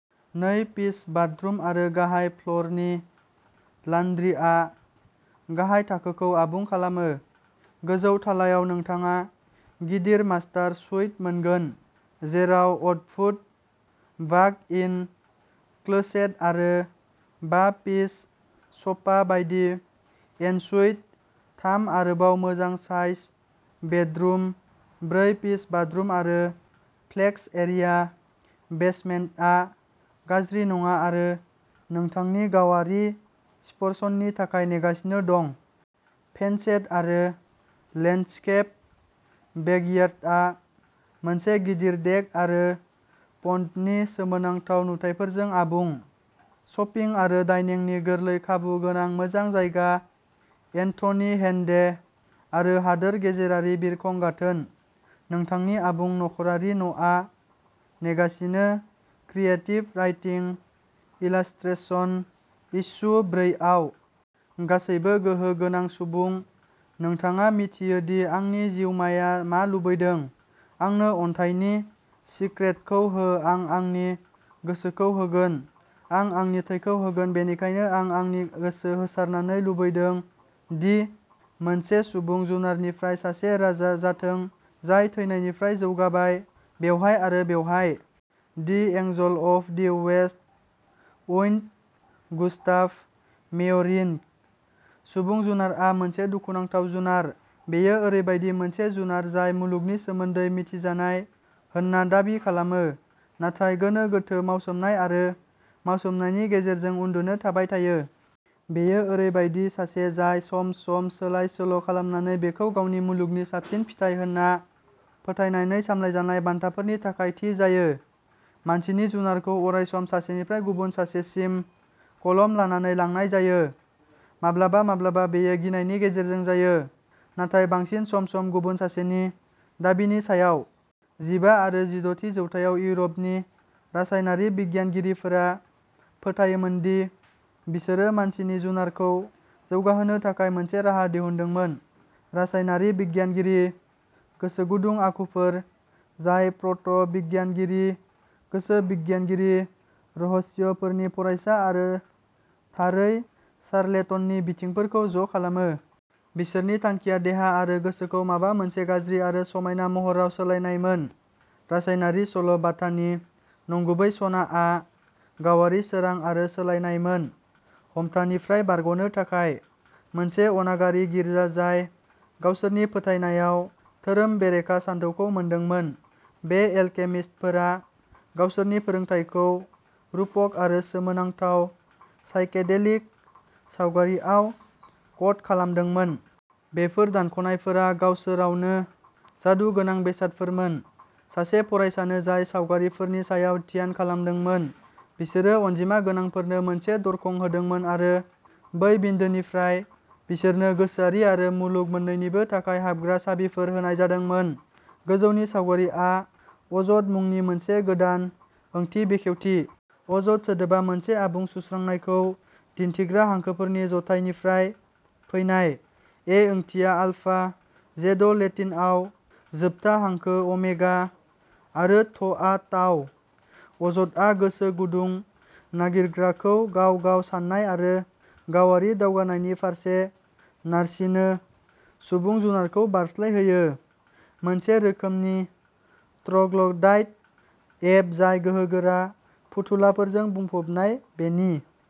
नै piece bathroom आरो गाहाय फ्ल'रनि लान्ड्रिआ गाहाय थाखोखौ आबुं खालामो। गोजौ थालायाव नोंथाङा गिदिर मास्टार सुइट मोनगोन, जेराव अद्भुत वाक इन क्लोसेट आरो बा पिस स्पा बायदि एनसुइट, थाम आरोबाव मोजां साइज बेडरुम, ब्रै पिस बाथरुम आरो फ्लेक्स एरिया बेसमेन्टआ गाज्रि नङा आरो नोंथांनि गावारि स्पर्शननि थाखाय नेगासिनो दं। फेन्सेद आरो लेन्डस्केपड बेकयार्डआ मोनसे गिदिर देक आरो पन्डनि सोमोनांथाव नुथायफोरजों आबुं। शपिं आरो डाइनिंनि गोरलै खाबु गोनां मोजां जायगा, एन्थनी हेन्डे, आरो हादोर गेजेरारि बिरखं गाथोन। नोंथांनि आबुं नख'रारि न'आ नेगासिनो क्रिएटिभ राइटिं, इलास्ट्रेशन, इस्यु ब्रै आव। गासैबो गोहो गोनां सुबुं, नोंथाङा मिथियो दि आंनि जिउमाया मा लुबैदों। आंनो अन्थाइनि सिक्रेटखौ हो आं आंनि गोसोखौ होगोन, आं आंनि थैखौ होगोन बेनिखायनो आं गोसो होसारनानै लुबैदों दि मोनसे सुबुं जुनारनिफ्राय सासे राजा जाथों, जाय थैनायनिफ्राय जौगाबाय, बेवहाय आरो बेवहाय। The angel of the west wind Gustav Meyrink. सुबुं जुनारआ मोनसे दुखुनांथाव जुनार। बेयो ओरैबायदि मोनसे जुनार जाय मुलुगनि सोमोन्दै मिथिजानाय होनना दाबि खालामो, नाथाय गोनो गोथो, मावसोमनाय आरो मावसोमनायनि गेजेरजों उन्दुनो थाबाय थायो। बेयो ओरैबायदि सासे जाय सम-सम सोलाय-सोल' खालामनानै बेखौ गावनि मुलुगनि साबसिन फिथाय होन्ना फोथायनानै सामलायजानाय बान्थाफोरनि थाखाय थि जायो। मानसिनि जुनारखौ अरायसम सासेनिफ्राय गुबुन सासेसिम कलम लानानै लांनाय जायो। माब्लाबा माब्लाबा बेयो गिनायनि गेजेरजों जायो, नाथाय बांसिन सम-सम गुबुन सासेनि दाबिनि सायाव। जिबा आरो जिद'थि जौथायाव इउर'पनि रासायनारि बिगियानगिरिफोरा फोथायोमोन दि बिसोरो मानसिनि जुनारखौ जौगाहोनो थाखाय मोनसे राहा दिहुनदोंमोन। रासायनारि बिगियानगिरि, गोसोगुदुं आखुफोर, जाय प्र'ट' बिगियानगिरि, गोसो बिगियानगिरि, रहस्यफोरनि फरायसा आरो थारै चार्लेटननि बिथिंफोरखौ ज' खालामो। बिसोरनि थांखिया देहा आरो गोसोखौ माबा मोनसे गाज्रि आरो समायना महराव सोलायनायमोन। रासायनारि सल' बाथानि नंगुबै सनाआ गावारि सोरां आरो सोलायनायमोन। हमथानिफ्राय बारग'नो थाखाय। मोनसे अनागारि गिर्जा जाय गावसोरनि फोथायनायाव धोरोम बेरेखा सानथौखौ मोनदोंमोन, बे एलकेमिस्टफोरा गावसोरनि फोरोंथायखौ रुपक आरो सोमोनांथाव, साइकेडेलिक सावगारिआव क'ड खालामदोंमोन। बेफोर दानख'नायफोरा गावसोरावनो जादु गोनां बेसादफोरमोन। सासे फरायसानो जाय सावगारिफोरनि सायाव ध्यान खालामदोंमोन, बिसोरो अनजिमा गोनांफोरनो मोनसे दरखं होदोंमोन आरो बै बिन्दोनिफ्राय, बिसोरनो गोसोआरि आरो मुलुग मोननैनिबो थाखाय हाबग्रा साबिफोर होनाय जादोंमोन। गोजौनि सावगारिआ अज'थ मुंनि मोनसे गोदान ओंथि बेखेवथि। अज'थ सोदोबा मोनसे आबुं सुस्रांनायखौ दिन्थिग्रा हांखोफोरनि जथायनिफ्राय फैनाय। एओंथिया आलफा, जेड' लेटिनआव जोबथा हांखो अमेगा, आरो थ'आ ताउ। अज'थआ गोसो गुदुं नागिरग्राखौ गाव-गाव साननाय आरो गावारि दावगानायनि फारसे नारसिनो, सुबुं जुनारखौ बारस्लायहोयो, मोनसे रोखोमनि ट्र'ग्ल'डाइट एप जाय गोहोगोरा फुथुलाफोरजों बुंफबनाय, बेनि